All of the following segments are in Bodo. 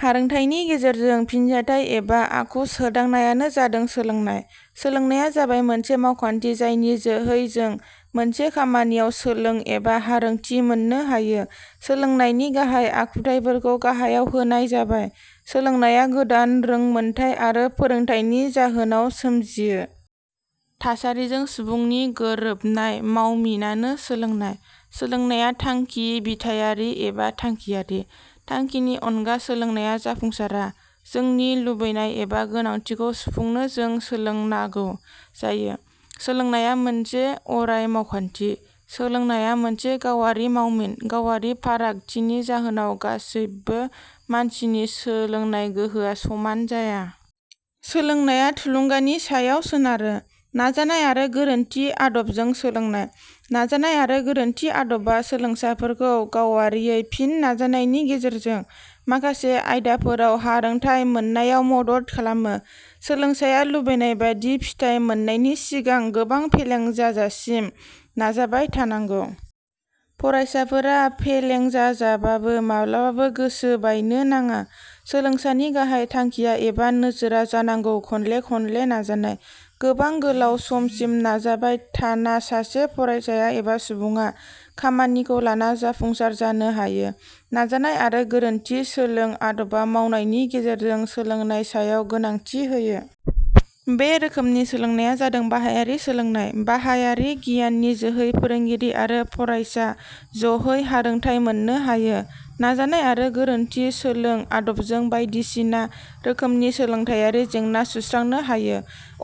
: हारोंथाइनि गेजेरजों फिनजाथाइ एबा आखु सोदांनायानो जादों सोलोंनाय। सोलोंनाया जाबाय मोनसे मावखान्थि जायनि जोहै जों मोनसे खामानियाव सोलों एबा हारोंथि मोननो हायो।: सोलोंनायनि गाहाइ आखुथाइफोरखौ गाहायाव होनाय जाबाय: सोलोंनाया गोदान रोंमोनथाइ आरो फोरोंथाइनि जाहोनाव सोमजियो। थासारिजों सुबुंनि गोरोबनाय मावमिनानो सोलोंनाय। सोलोंनाया थांखि-बिथायारि एबा थांखियारि। थांखिनि अनगा सोलोंनाया जाफुंसारा। जोंनि लुबैनाय एबा गोनांथिखौ सुफुंनो जों सोलोंनागौ जायो। सोलोंनाया मोनसे अराय मावखान्थि। सोलोंनाया मोनसे गावारि मावमिन। गावारि फारागथिनि जाहोनाव गासैबबो मानसिनि सोलोंनाय गोहोआ समान जाया। सोलोंनाया थुलुंगानि सायाव सोनारो।: नाजानाय आरो गोरोन्थि आदबजों सोलोंनाय: नाजानाय आरो गोरोन्थि आदबा सोलोंसाफोरखौ गावारियै फिन नाजानायनि गेजेरजों माखासे आयदाफोराव हारोंथाइ मोननायाव मदद खालामो। सोलोंसाया लुबैनायबादि फिथाइ मोननायनि सिगां गोबां फेलें जाजासिम नाजाबाय थानांगौ। फरायसाफोरा फेलेंजाबाबो माब्लाबाबो गोसो बायनो नाङा। सोलोंसानि गाहाइ थांखिया एबा नोजोरा जानांगौ खनले खनले नाजानाय। गोबां गोलाउ समसिम नाजाबाय थाना सासे फरायसाया एबा सुबुंआ खामानिखौ लाना जाफुंसार जानो हायो। नाजानाय आरो गोरोन्थि सोलों आदबा मावनायनि गेजेरजों सोलोंनाय सायाव गोनांथि होयो। बे रोखोमनि सोलोंनाया जादों बाहायारि सोलोंनाय। बाहायारि गियाननि जोहै फोरोंगिरि आरो फरायसा ज 'है हारोंथाइ मोननो हायो। नाजानाय आरो गोरोन्थि सोलों आदबजों बायदिसिना रोखोमनि सोलोंथाइयारि जेंना सुस्रांनो हायो।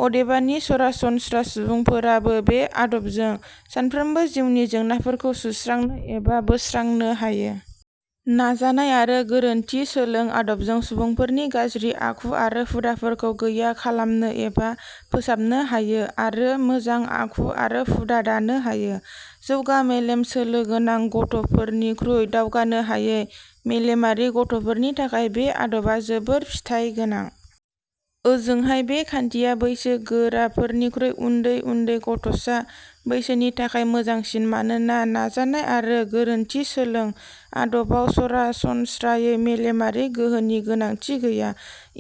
अदेबानि, सरासनम्रा सुबुंफोराबो बे आदबजों सानफ्रोमबो जिउनि जेंनाफोरखौ सुस्रांनो एबा बोस्रांनो हायो। नाजानाय आरो गोरोन्थि सोलों आदबजों सुबुंफोरनि गाज्रि आखु आरो हुदाफोरखौ गैया खालामनो एबा फोसाबनो हायो आरो मोजां आखु आरो हुदा दानो हायो। जौगा मेलेम सोलो गोनां गथ 'फोरनिख्रुइ दावगानो हायै मेलेमारि गथ 'फोरनि थाखाय बे आदबा जोबोर फिथाइ गोनां। ओजोंहाय बे खान्थिया बैसो गोराफोरनिख्रुइ उन्दै उन्दै गथ 'सा बैसोनि थाखाय मोजांसिन मानोना नाजानाय आरो गोरोन्थि सोलों आदबाव सरासनस्रायै मेलेमारि गोहोनि गोनांथि गैया।: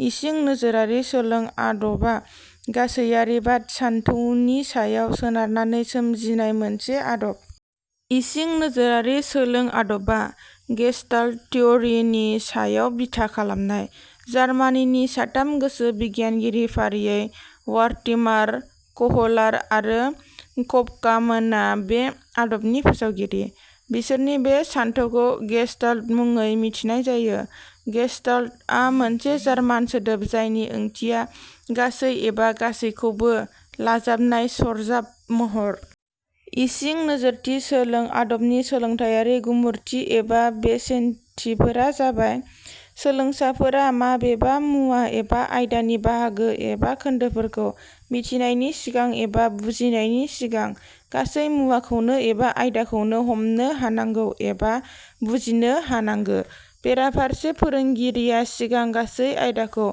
इसिं नोजोरारि सोलों आदबा गासैयारिबाद सानथौनि सायाव सोनारनानै सोमजिनाय मोनसे आदब। इसिं नोजोरारि सोलों आदबा 'गेस्टाल्ट थिअरि' नि सायाव बिथा खालामनाय। जार्मानिनि साथाम गोसोबिगियानगिरि फारियै वार्थिमार, कहलार आरो कफका मोना बे आदबनि फोसावगिरि। बिसोरनि बे सानथौखौ 'गेस्टाल्ट' मुङै मिथिनाय जायो। 'गेस्टाल्ट' आ मोनसे जार्मान सोदोब जायनि ओंथिया 'गासै' एबा 'गासैखौबो लाजाबनाय सरजाब महर'। इसिं नोजोरथि सोलों आदबनि सोलोंथाइयारि गुमुरथि एबा बेसेनथिफोरा जाबाय:. सोलोंसाफोरा माबेबा मुवा एबा आयदानि बाहागो एबा खोन्दोफोरखौ मिथिनायनि सिगां एबा बुजिनायनि सिगां गासै मुवाखौनो एबा आयदाखौनो हमनो हानांगौ एबा बुजिनो हानांगो। बेराफारसे, फोरोंगिरिया सिगां गासै आयदाखौ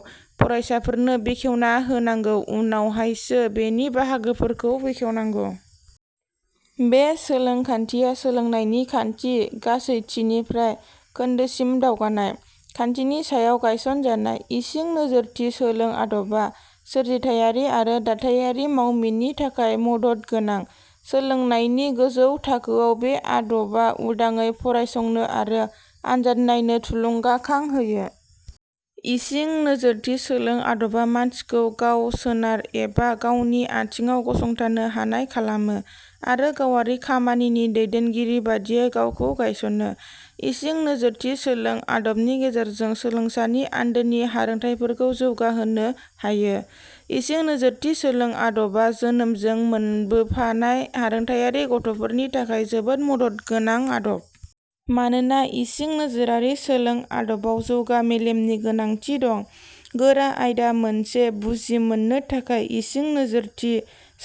फरायसाफोरनो बेखेवना होनांगौ उनावहायसो बेनि बाहागोफोरखौ बेखेवनांगौ। बे सोलों खान्थिया सोलोंनायनि खान्थि 'गासैथिनिफ्राय खोन्दोसिम दावगानाय" खान्थिनि सायाव गायसन जानाय।. इसिं नोजोरथि सोलों आदबा सोरजिथाइयारि आरो दाथाइयारि मावमिननि थाखाय मदद गोनां। सोलोंनायनि गोजौ थाखोआव बे आदबा उदांयै फरायसंनो आरो आनजादनायनो थुलुंगाखां होयो।. इसिं नोजोरथि सोलों आदबा मानसिखौ गाव-सोनार एबा गावनि आथिंआव गसंथानो हानाय खालामो आरो गावारि खामानिनि दैदेनगिरि बादियै गावखौ गायसनो।. इसिं नोजोरथि सोलों आदबनि गेजेरजों सोलोंसानि आन्दोनि हारोंथाइफोरखौ जौगाहोनो हायो।. इसिं नोजोरथि सोलों आदबा जोनोमजों मोनबोफानाय हारोंथाइयारि गथ'फोरनि थाखाय जोबोद मदद गोनां आदब। मानोना इसिं नोजोरारि सोलों आदबाव जौगा मेलेमनि गोनांथि दं।. गोरा आयदा मोनसे बुजि मोननो थाखाय इसिं नोजोरथि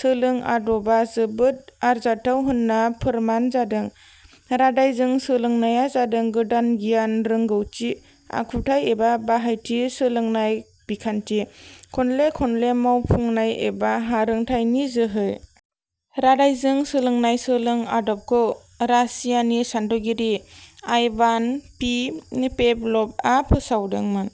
सोलों आदबा जोबोद आरजाथाव होनना फोरमान जादों।: रादायजों सोलोंनाया जादों गोदान गियान, रौंगौथि, आखुथाइ एबा बाहायथि सोलोंनाय बिखान्थि, खनले खनले मावफुंनाय एबा हारोंथाइनि जोहै। रादायजों सोलोंनाय सोलों आदबखौ रासियानि सान्थौगिरि आइभान पि. पेभलभआ फोसावदोंमोन।